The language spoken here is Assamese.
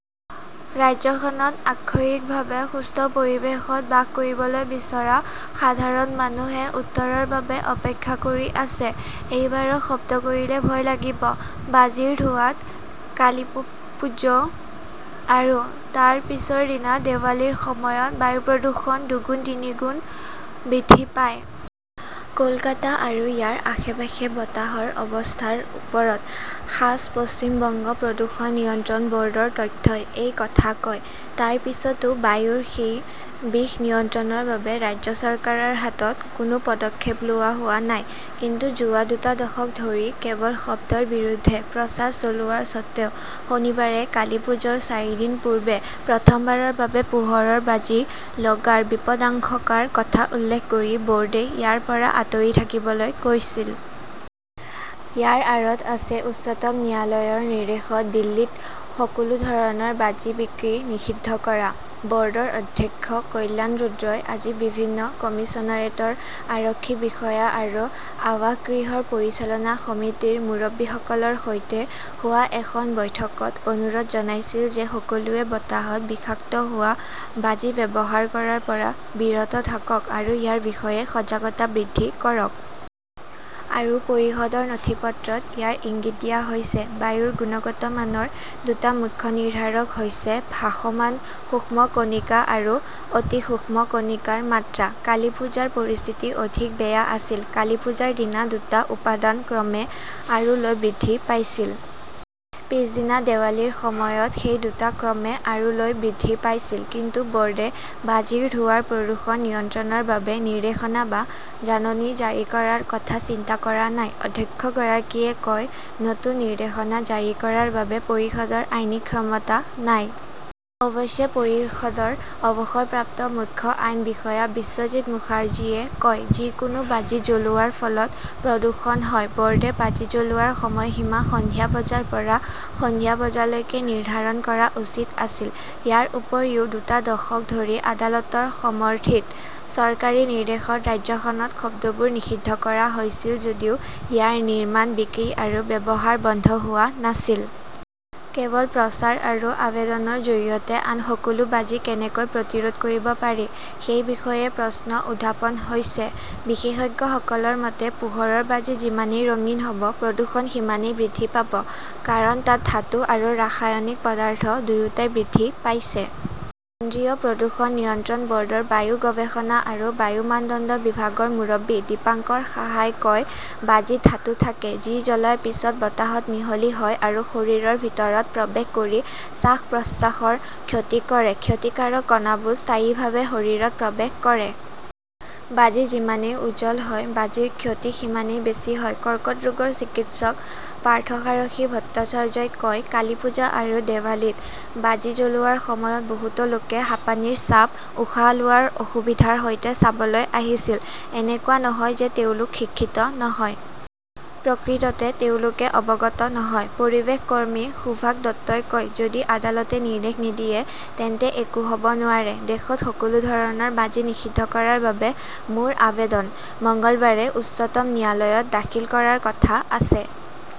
ৰাজ্যখনত আক্ষৰিকভাৱে সুস্থ পৰিৱেশত বাস কৰিবলৈ বিচৰা সাধাৰণ মানুহে উত্তৰৰ বাবে অপেক্ষা কৰি আছে। এইবাৰো শব্দ কৰিলে ভয় লাগিব। বাজিৰ ধোঁৱাত কালিপ্পুজো আৰু তাৰ পিছৰ দিনা দেৱালীৰ সময়ত বায়ু প্ৰদূষণ দুগুণ-তিনিগুণ বৃদ্ধি পায়। কলকাতা আৰু ইয়াৰ আশে-পাশে বতাহৰ অৱস্থাৰ ওপৰত খাছ পশ্চিম বংগ প্ৰদূষণ নিয়ন্ত্ৰণ বৰ্ডৰ তথ্যই এই কথা কয়। তাৰ পিছতো বায়ুৰ সেই বিষ নিয়ন্ত্ৰণৰ বাবে ৰাজ্য চৰকাৰৰ হাতত কোনো পদক্ষেপ লোৱা হোৱা নাই। কিন্তু যোৱা দুটা দশক ধৰি কেৱল শব্দৰ বিৰুদ্ধে প্ৰচাৰ চলোৱাৰ স্বত্ত্বেও শনিবাৰে কালীপুজোৰ চাৰিদিন পূৰ্বে প্ৰথমবাৰৰ বাবে পোহৰৰ বাজি লগাৰ বিপদাশংকাৰ কথা উল্লেখ কৰি বোৰ্ডে ইয়াৰ পৰা আঁতৰি থাকিবলৈ কৈছিল। ইয়াৰ আঁৰত আছে উচ্চতম ন্যায়ালয়ৰ নিৰ্দেশত দিল্লীত সকলো ধৰণৰ বাজি বিক্ৰী নিষিদ্ধ কৰা। বৰ্ডৰ অধ্যক্ষ কল্যাণ ৰুদ্ৰই আজি বিভিন্ন কমিচনাৰেটৰ আৰক্ষী বিষয়া আৰু আৱাসগৃহৰ পৰিচালনা সমিতিৰ মুৰব্বীসকলৰ সৈতে হোৱা এখন বৈঠকত অনুৰোধ জনাইছিল যে সকলোৱে বতাহত বিষাক্ত হোৱা বাজি ব্যৱহাৰ কৰাৰ পৰা বিৰত থাকক আৰু ইয়াৰ বিষয়ে সজাগতা বৃদ্ধি কৰক। আৰু পৰিষদৰ নথিপত্ৰত ইয়াৰ ইংগিত দিয়া হৈছে। বায়ুৰ গুণগত মানৰ দুটা মুখ্য নিৰ্ধাৰক হৈছে ভাসমান সূক্ষ্ম কণিকা আৰু অতি সূক্ষ্ম কণিকা ৰ মাত্ৰা। কালীপূজা ৰ পৰিস্থিতি অধিক বেয়া আছিল। কালীপূজা ৰ দিনা দুটা উপাদান ক্ৰমে আৰু লৈ বৃদ্ধি পাইছিল। পিছদিনা দেৱালীৰ সময়ত সেই দুটা ক্ৰমে আৰু লৈ বৃদ্ধি পাইছিল। কিন্তু বৰ্ডে বাজিৰ ধোঁৱাৰ প্ৰদূষণ নিয়ন্ত্ৰণৰ বাবে নিৰ্দেশনা বা জাননী জাৰি কৰাৰ কথা চিন্তা কৰা নাই। অধ্যক্ষগৰাকীয়ে কয়, নতুন নিৰ্দেশনা জাৰি কৰাৰ বাবে পৰিষদৰ আইনী ক্ষমতা নাই। অৱশ্যে, পৰিষদৰ অৱসৰপ্ৰাপ্ত মুখ্য আইন বিষয়া বিশ্বজিত মুখাৰ্জীয়ে কয়, যিকোনো বাজি জ্বলোৱাৰ ফলত প্ৰদূষণ হয়। বৰ্ডে বাজি জ্বলোৱাৰ সময়সীমা সন্ধিয়া বজাৰ পৰা সন্ধিয়া বজালৈকে নিৰ্ধাৰণ কৰা উচিত আছিল। ইয়াৰ উপৰিও, দুটা দশক ধৰি আদালতৰ সমৰ্থিত চৰকাৰী নিৰ্দেশত ৰাজ্যখনত শব্দবোৰ নিষিদ্ধ কৰা হৈছিল যদিও ইয়াৰ নিৰ্মাণ, বিক্ৰী আৰু ব্যৱহাৰ বন্ধ হোৱা নাছিল। কেৱল প্ৰচাৰ আৰু আবেদনৰ জৰিয়তে আন সকলো বাজি কেনেকৈ প্ৰতিৰোধ কৰিব পাৰি সেই বিষয়ে প্ৰশ্ন উত্থাপন হৈছে। বিশেষজ্ঞসকলৰ মতে, পোহৰৰ বাজি যিমানেই ৰঙীন হব, প্ৰদূষণ সিমানেই বৃদ্ধি পাব। কাৰণ, তাত ধাতু আৰু ৰাসায়নিক পদাৰ্থ দুয়োটাই বৃদ্ধি পাইছে। কেন্দ্ৰীয় প্ৰদূষণ নিয়ন্ত্ৰণ বৰ্ডৰ বায়ু গৱেষণা আৰু বায়ু মানদণ্ড বিভাগৰ মুৰব্বী দীপঙ্কাৰ সাহাই কয়, বাজীত ধাতু থাকে। যি জ্বলাৰ পিছত বতাহত মিহলি হয় আৰু শৰীৰৰ ভিতৰত প্ৰৱেশ কৰি শ্বাস-প্ৰশ্বাসৰ ক্ষতি কৰে। ক্ষতিকাৰক কণাবোৰ স্থায়ীভাৱে শৰীৰত প্ৰৱেশ কৰে। বাজি যিমানেই উজ্জ্বল হয়, বাজিৰ ক্ষতি সিমানেই বেছি হয়। কৰ্কট ৰোগৰ চিকিৎসক পাৰ্থসাৰথী ভট্টাচাৰ্যই কয়, কালীপূজা আৰু দেৱালীত বাজি জ্বলোৱাৰ সময়ত বহুতো লোকে হাঁপানীৰ চাপ, উশাহ লোৱাৰ অসুবিধাৰ সৈতে চাবলৈ আহিছিল। এনেকুৱা নহয় যে তেওঁলোক শিক্ষিত নহয়। প্ৰকৃততে তেওঁলোকে অৱগত নহয়। পৰিৱেশ কৰ্মী সুভাষ দত্তই কয়, যদি আদালতে নিৰ্দেশ নিদিয়ে তেন্তে একো হব নোৱাৰে। দেশত সকলো ধৰণৰ বাজি নিষিদ্ধ কৰাৰ বাবে মোৰ আবেদন মঙলবাৰে উচ্চতম ন্যায়ালয়ত দাখিল কৰাৰ কথা আছে।